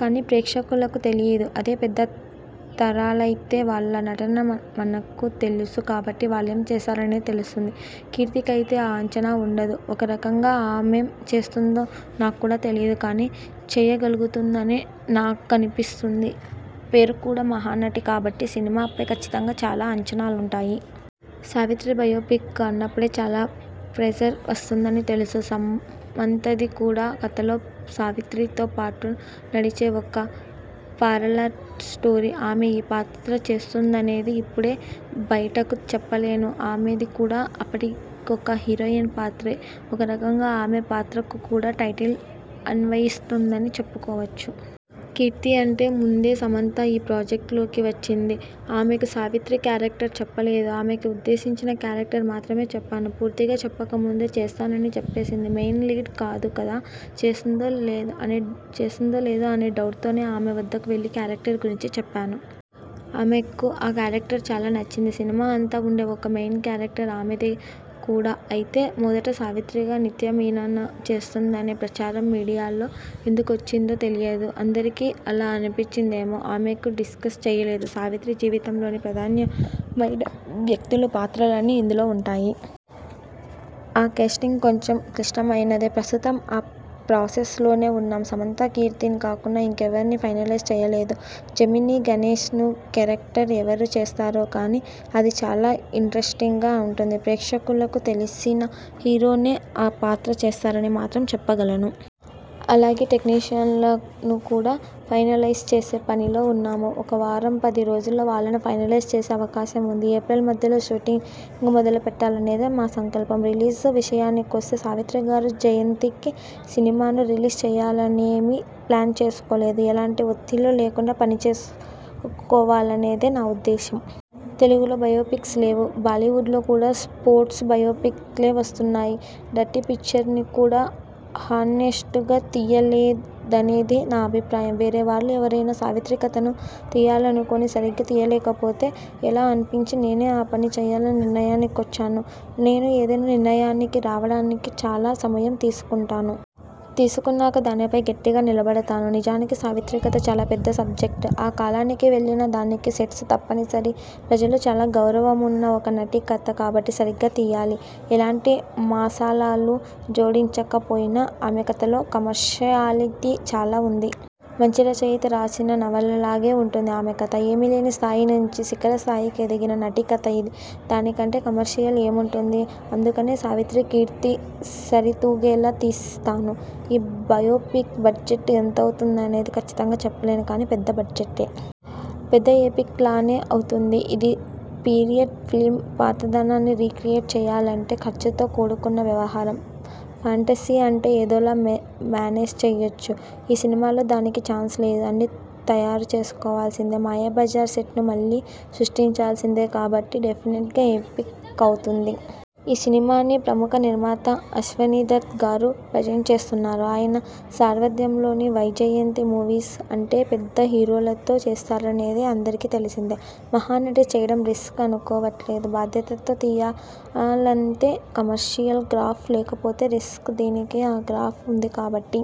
కానీ ప్రేక్షకులకు తెలీదు. అదే పెద్ద తారలైతే, వాళ్ల నటన మనకు తెలుసు కాబట్టి వాళ్లేం చేస్తారనేది తెలుస్తుంది. కీర్తికైతే ఆ అంచనా ఉండదు. ఒక రకంగా ఆమేం చేస్తుందో నాక్కూడా తెలీదు. కానీ చేయగలుగుతుందని నాకనిపిస్తుంది. పేరు కూడా 'మహానటి' కాబట్టి సినిమాపై కచ్చితంగా చాలా అంచనాలుంటాయి. సావిత్రి బయోపిక్ అన్నప్పుడే చాలా ప్రెజర్ వస్తుందని తెలుసు. సమంతది కూడా కథలో సావిత్రితో పాటు నడిచే ఒక పారలల్ స్టోరీ. ఆమె ఏ పాత్ర చేస్తోందనేది ఇప్పుడే బయటకు చెప్పలేను. ఆమెది కూడా అప్పటి ఒక హీరోయిన్ పాత్రే. ఒకరకంగా ఆమె పాత్రకు కూడా టైటిల్ అన్వయిస్తుందని చెప్పుకోవచ్చు. కీర్తి అంటే ముందే సమంత ఈ ప్రాజెక్ట్ లోకి వచ్చింది. ఆమెకు సావిత్రి క్యారక్టర్ చెప్పలేదు. ఆమెకు ఉద్దేశించిన క్యారక్టర్ మాత్రమే చెప్పాను. పూర్తిగా చెప్పకముందే చేస్తానని చెప్పేసింది. మెయిన లీడ్ కాదు కదా, చేసిందో లేదో అనే డౌట్తోనే ఆమె వద్దకు వెళ్లి క్యారక్టర్ గురించి చెప్పాను. ఆమెకు ఆ క్యారక్టర్ చాలా నచ్చింది. సినిమా అంతా ఉండే ఒక మెయిన్ క్యారక్టర్ ఆమెది కూడా. అయితే మొదట సావిత్రిగా నిత్యా మీనన చేస్తోందనే ప్రచారం మీడియాలో ఎందుకొచ్చిందో తెలీయదు. అందరికీ అలా అనిపించిందేమో. ఆమెతో డిస్కస్ చేయలేదు. సావిత్రి జీవితంలోని ప్రధాన్యమైన వ్యక్తుల పాత్రలన్నీ ఇందులో ఉంటాయి. ఆ కేస్టింగ్ కొంచెం క్లిష్టమైనదే. ప్రస్తుతం ఆ ప్రాసెస్ లోనే ఉన్నాం. సమంత, కీర్తిని కాకుండా ఇంకా ఎవర్నీ ఫైనలైజ్ చేయలేదు. జెమినీ గణేశ్న్ క్యారక్టర్ ఎవరు చేస్తారో కానీ, అది చాలా ఇంటరెస్టింగ్గా ఉంటుంది. ప్రేక్షకులకు తెలిసిన హీరోనే ఆ పాత్ర చేస్తారని మాత్రం చెప్పగలను. అలాగే టెక్నీషియన్లను కూడా ఫైనలైజ్ చేసే పనిలో ఉన్నాం. ఒక వారం పది రోజుల్లో వాళ్లను ఫైనలైజ్ చేసే అవకాశం ఉంది. ఏప్రిల్ మధ్యలో షూటింగ్ మొదలు పెట్టాలనేది మా సంకల్పం. రిలీజ్ విషయానికొస్తే.. సావిత్రిగారి జయంతికి సినిమాను రిలీజ్ చెయ్యాలనేమీ ప్లాన్ చేసుకోలేదు. ఎలాంటి ఒత్తిళ్లూ లేకుండా పనిచేసుకుపోవాలనేది నా ఉద్దేశం. తెలుగులో బయోపిక్స్ లేవు. బాలీవుడ్లో కూడా స్పోర్ట్స్ బయోపిక్లే వస్తున్నాయి. 'డర్టీ పిక్చర్'ని కూడా హానెస్టుగా తియ్యలేదనేది నా అభిప్రాయం. వేరే వాళ్లు ఎవరైనా సావిత్రి కథను తియ్యాలనుకొని, సరిగా తీయలేకపోతే ఎలా అనిపించి నేనే ఆ పని చెయ్యాలనే నిర్ణయానికొచ్చాను. నేను ఏదైనా నిర్ణయానికి రావడానికి చాలా సమయం తీసుకుంటాను. తీసుకున్నాక దానిపై గట్టిగా నిలబడతాను. నిజానికి సావిత్రి కథ చాలా పెద్ద సబ్జెక్ట్. ఆ కాలానికి వెళ్లిన. దానికి సెట్స్ తప్పనిసరి. ప్రజల్లో చాలా గౌరవమున్న ఒక నటి కథ కాబట్టి సరిగా తియ్యాలి. ఎలాంటి మసాలాలూ జోడించక పోయినా ఆమె కథలో కమర్షియాలిటీ చాలా ఉంది. మంచి రచయిత రాసిన నవలలాగే ఉంటుంది ఆమె కథ. ఏమీలేని స్థాయి నుంచి శిఖర స్థాయికి ఎదిగిన నటి కథ ఇది. దానికంటే కమర్షియల్ ఏముంటుంది! అందుకనే సావిత్రి కీర్తి సరితూగేలా తీస్తాను. ఈ బయోపిక్కు బడ్జెట్ ఎంతవుతుందనేది కచ్చితంగా చెప్పలేను కానీ పెద్ద బడ్జెట్టే. పెద్ద ఎపిక్ లానే అవుతుంది. ఇది పీరియడ్ ఫిల్మ్. పాతదానాన్ని రీక్రియేట్ చేయాలంటే ఖర్చుతో కూడుకున్న వ్యవహారం. ఫాంటసీ అంటే ఏదోలా మ్యనేజ్ చేయొచ్చు. ఈ సినిమాలో దానికి ఛాన్స్ లేదు. అన్నీ తయారు చేసుకోవాల్సిందే. 'మాయాబజార్' సెట్ను మళ్లీ సృష్టించాల్సిందే. కాబట్టి డెఫినెట్గా ఎపిక్ అవుతుంది. ఈ సినిమాని ప్రముఖ నిర్మాత అశ్వనీ దత్ గారు ప్రజెంట్ చేస్తున్నారు. ఆయన సారథ్యంలోని వైజయంతీ మూవీస్ అంటే పెద్ద హీరోలతో చేస్తారనేది అందరికీ తెలిసిందే. 'మహానటి' చేయడం రిస్క్ అనుకోవట్లేదు. బాధ్యతతో తీయాలంతే. కమర్షియల్ గ్రాఫ్ లేకపోతే రిస్క్. దీనికి ఆ గ్రాఫ్ ఉంది కాబట్టి